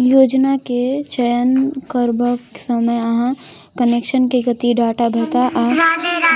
योजना के चयन करबाक समय अहाँ के कनेक्शन के गति, डाटा भत्ता, आ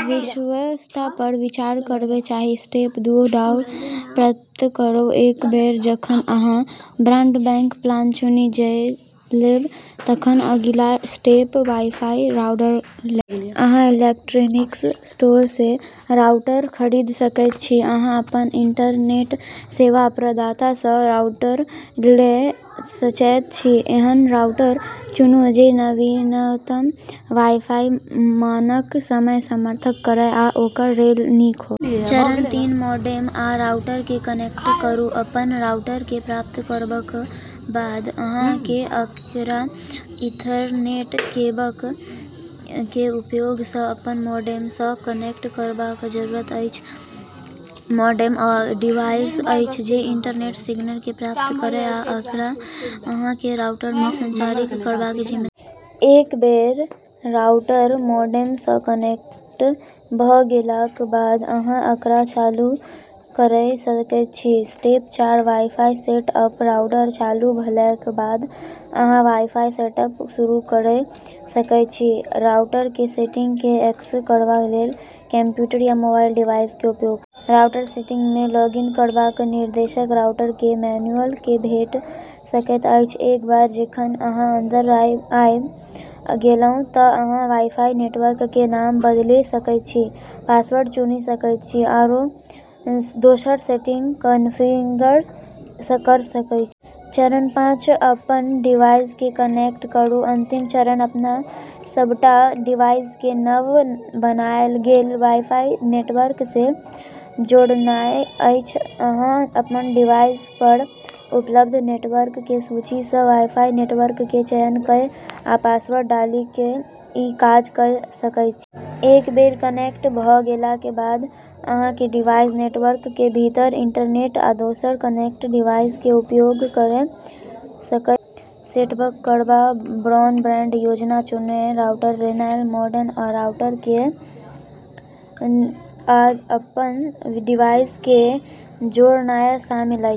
विश्वसनीयता पर विचार करबाक चाही। स्टेप दू राउटर प्राप्त करू। एक बेर जखन अहाँ ब्रॉडबैंड प्लान चुनि लेब तखन अगिला स्टेप वाई-फाई राउटर लेब। अहाँ इलेक्ट्रॉनिक्स स्टोर सँ राउटर खरीद सकैत छी या अपन इंटरनेट सेवा प्रदाता सँ राउटर लए सकैत छी। एहन राउटर चुनू जे नवीनतम वाई-फाई मानक के समर्थन करए आ ओकर रेंज नीक हो। चरण तीन मोडेम आ राउटर के कनेक्ट करू। अपन राउटर के प्राप्त करबाक बाद, अहाँ के ओकरा ईथरनेट केबल के उपयोग सँ अपन मोडेम सँ कनेक्ट करबाक जरूरत अछि। मोडेम ओ डिवाइस अछि जे इंटरनेट सिग्नल के प्राप्त करए आ ओकरा अहाँ के राउटर मे संचारित करबाक जिम्मेदारी एक बेर राउटर मोडेम सँ कनेक्ट भ गेलाक बाद अहाँ ओकरा चालू कए सकैत छी। स्टेप चार वाई-फाई सेट अप। राउटर चालू भेलाक बाद अहाँ वाई-फाई सेटअप शुरू कए सकैत छी। राउटर के सेटिंग्स के एक्सेस करबा लेल कंप्यूटर या मोबाइल डिवाइस के उपयोग करू। राउटर सेटिंग्स मे लॉग इन करबाक निर्देश राउटर के मैनुअल मे भेट सकैत अछि। एक बेर जखन अहाँ अंदर आबि गेलहुं त अहाँ वाई-फाई नेटवर्क के नाम बदलि सकैत छी, पासवर्ड चुनि सकैत छी आओर दोसर सेटिंग्स कॉन्फ़िगर कए सकैत छी। चरण पाँच अपन डिवाइस के कनेक्ट करू। अंतिम चरण अपन सबटा डिवाइस के नव बनायल गेल वाई-फाई नेटवर्क सँ जोड़नाय अछि। अहाँ अपन डिवाइस पर उपलब्ध नेटवर्क के सूची सँ वाई-फाई नेटवर्क के चयन कए आ पासवर्ड डालि कए ई काज कए सकैत छी। एक बेर कनेक्ट भ गेलाक बाद अहाँ के डिवाइस नेटवर्क के भीतर इंटरनेट आ दोसर कनेक्टेड डिवाइस के उपयोग कए सकैत अछि। संक्षेप मे, घर के वाई-फाई नेटवर्क के सेटअप करबा मे ब्रॉडबैंड योजना चुननाय, राउटर लेनाय, मोडेम आ राउटर के जोड़नाय, वाई-फाई के सेटअप करनाय, आ अपन डिवाइस के जोड़नाय शामिल अछि।